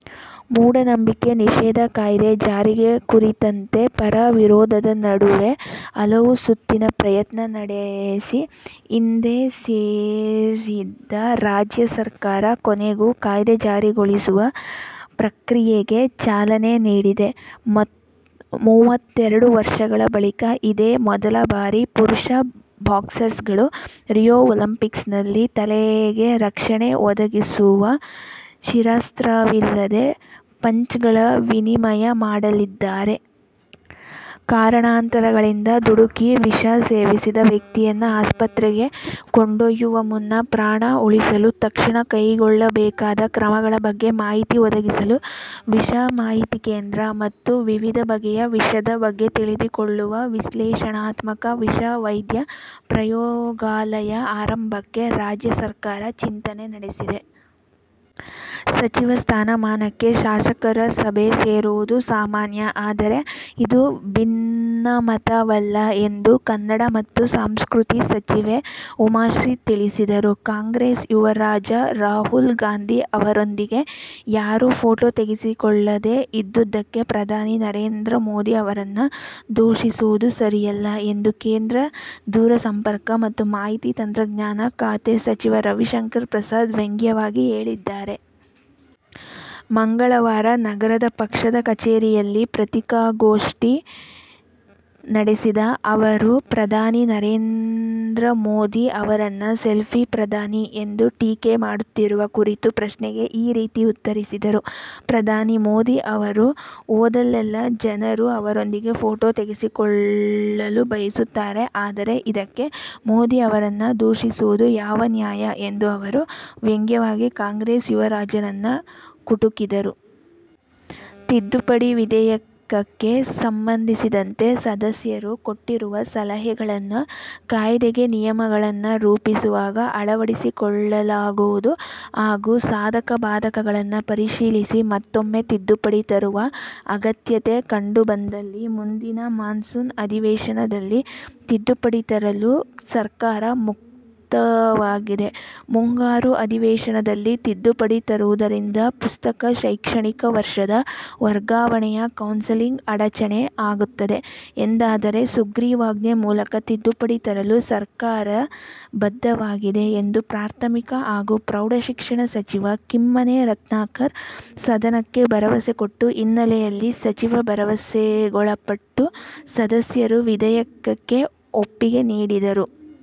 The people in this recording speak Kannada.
ಮೂಢನಂಬಿಕೆ ನಿಷೇಧ ಕಾಯ್ದೆ ಜಾರಿ ಕುರಿತಂತೆ ಪರ-ವಿರೋಧದ ನಡುವೆ ಹಲವು ಸುತ್ತಿನ ಪ್ರಯತ್ನ ನಡೆಸಿ ಹಿಂದೆ ಸರಿದಿದ್ದ ರಾಜ್ಯ ಸರ್ಕಾರ ಕೊನೆಗೂ ಕಾಯ್ದೆ ಜಾರಿಗೊಳಿಸುವ ಪ್ರಕ್ರಿಯೆಗೆ ಚಾಲನೆ ನೀಡಿದೆ. ಮೂವತ್ತೆರಡು ವರ್ಷಗಳ ಬಳಿಕ ಇದೇ ಮೊದಲ ಬಾರಿ ಪುರುಷ ಬಾಕ್ಸರ್ಗಳು ರಿಯೋ ಒಲಿಂಪಿಕ್ಸ್ನಲ್ಲಿ ತಲೆಗೆ ರಕ್ಷಣೆ ಒದಗಿಸುವ ಶಿರಸ್ತ್ರಾಣವಿಲ್ಲದೆ ಪಂಚ್ಗಳ ವಿನಿಮಯ ಮಾಡಲಿದ್ದಾರೆ. ಕಾರಣಾಂತರಗಳಿಂದ ದುಡುಕಿ ವಿಷ ಸೇವಿಸಿದ ವ್ಯಕ್ತಿಯನ್ನು ಆಸ್ಪತ್ರೆಗೆ ಕೊಂಡೊಯ್ಯುವ ಮುನ್ನ ಪ್ರಾಣ ಉಳಿಸಲು ತಕ್ಷಣ ಕೈಗೊಳ್ಳಬೇಕಾದ ಕ್ರಮಗಳ ಬಗ್ಗೆ ಮಾಹಿತಿ ಒದಗಿಸಲು "ವಿಷ ಮಾಹಿತಿ ಕೇಂದ್ರ' ಮತ್ತು ವಿವಿಧ ಬಗೆಯ ವಿಷದ ಬಗ್ಗೆ ತಿಳಿದುಕೊಳ್ಳಲು "ವಿಶ್ಲೇಷಣಾತ್ಮಕ ವಿಷ ವೈದ್ಯ ಪ್ರಯೋಗಾಲಯ' ಆರಂಭಕ್ಕೆ ರಾಜ್ಯ ಸರ್ಕಾರ ಚಿಂತನೆ ನಡೆಸಿದೆ. ಸಚಿವ ಸ್ಥಾನಕ್ಕಾಗಿ ಶಾಸಕರು ಸಭೆ ಸೇರುವುದು ಸಾಮಾನ್ಯ. ಆದರೆ ಇದು ಭಿನ್ನಮತ ವಲ್ಲ ಎಂದು ಕನ್ನಡ ಮತ್ತು ಸಂಸ್ಕೃತಿ ಸಚಿವೆ ಉಮಾಶ್ರೀ ತಿಳಿಸಿದರು. ಕಾಂಗ್ರೆಸ್ ಯುವರಾಜ ರಾಹುಲ್ ಗಾಂಧಿ ಅವರೊಂದಿಗೆ ಯಾರೂ ಫೋಟೋ ತೆಗೆಸಿಕೊಳ್ಳದೇ ಇದ್ದುದಕ್ಕೆ ಪ್ರಧಾನಿ ನರೇಂದ್ರ ಮೋದಿ ಅವರನ್ನು ದೂಷಿಸುವುದು ಸರಿಯಲ್ಲ ಎಂದು ಕೇಂದ್ರ ದೂರಸಂಪರ್ಕ ಮತ್ತು ಮಾಹಿತಿ ತಂತ್ರಜ್ಞಾನ ಖಾತೆ ಸಚಿವ ರವಿಶಂಕರ್ ಪ್ರಸಾದ್ ವ್ಯಂಗ್ಯವಾಗಿ ಹೇಳಿದ್ದಾರೆ. ಮಂಗಳವಾರ ನಗರದ ಪಕ್ಷದ ಕಚೇರಿಯಲ್ಲಿ ಪತ್ರಿಕಾಗೋಷ್ಠಿ ನಡೆಸಿದ ಅವರು ಪ್ರಧಾನಿ ಮೋದಿ ಅವರನ್ನು ಸೆಲ್ಫಿ ಪ್ರಧಾನಿ ಎಂದು ಟೀಕೆ ಮಾಡುತ್ತಿರುವ ಕುರಿತ ಪ್ರಶ್ನೆಗೆ ಈ ರೀತಿ ಉತ್ತರಿಸಿದರು. ಪ್ರಧಾನಿ ಮೋದಿ ಅವರು ಹೋದಲ್ಲೆಲ್ಲ ಜನರು ಅವರೊಂದಿಗೆ ಫೋಟೋ ತೆಗೆಸಿಕೊಳ್ಳಲು ಬಯಸುತ್ತಿದ್ದಾರೆ. ಆದರೆ, ಇದಕ್ಕೆ ಮೋದಿ ಅವರನ್ನು ದೂಷಿಸುವುದು ಯಾವ ನ್ಯಾಯ ಎಂದು ಅವರು ವ್ಯಂಗವಾಗಿ ಕಾಂಗ್ರೆಸ್ ಯುವರಾಜನನ್ನು ಕುಟುಕಿದರು. ತಿದ್ದುಪಡಿ ವಿಧೇಯಕಕ್ಕೆ ಸಂಬಂಧಿಸಿದಂತೆ ಸದಸ್ಯರು ಕೊಟ್ಟಿರುವ ಸಲಹೆಗಳನ್ನು ಕಾಯ್ದೆಗೆ ನಿಯಮಗಳನ್ನು ರೂಪಿಸುವಾಗ ಅಳವಡಿಸಿಕೊಳ್ಳಲಾಗುವುದು ಹಾಗೂ ಸಾಧಕ-ಬಾಧಕಗಳನ್ನು ಪರಿಶೀಲಿಸಿ ಮತ್ತೂಮ್ಮೆ ತಿದ್ದುಪಡಿ ತರುವ ಅಗತ್ಯತೆ ಕಂಡು ಬಂದಲ್ಲಿ ಮುಂದಿನ ಮಾನ್ಸೂನ್ ಅಧಿವೇಶನದಲ್ಲಿ ತಿದ್ದುಪಡಿ ತರಲು ಸರ್ಕಾರ ಮುಕ್ತವಾಗಿದೆ. ಮುಂಗಾರು ಅಧಿವೇಶನದಲ್ಲಿ ತಿದ್ದುಪಡಿ ತರುವುದರಿಂದ ಪ್ರಸಕ್ತ ಶೈಕ್ಷಣಿಕ ವರ್ಷದ ವರ್ಗಾವಣೆಯ ಕೌನ್ಸಿಲಿಂಗ್ಗೆ ಅಡಚಣೆ ಆಗುತ್ತದೆ ಎಂದಾದರೆ ಸುಗ್ರಿವಾಜ್ಞೆ ಮೂಲಕ ತಿದ್ದುಪಡಿ ತರಲು ಸರ್ಕಾರದ ಬದ್ಧವಾಗಿದೆ ಎಂದು ಪ್ರಾಥಮಿಕ ಹಾಗೂ ಪ್ರೌಢ ಶಿಕ್ಷಣ ಸಚಿವ ಕಿಮ್ಮನೆ ರತ್ನಾಕರ ಸದನಕ್ಕೆ ಭರವಸೆ ಕೊಟ್ಟ ಹಿನ್ನೆಲೆಯಲ್ಲಿ ಸಚಿವರ ಭರವಸೆಗೊಳಪಟ್ಟು ಸದಸ್ಯರು ವಿಧೇಯಕಕ್ಕೆ ಒಪ್ಪಿಗೆ ನೀಡಿದರು.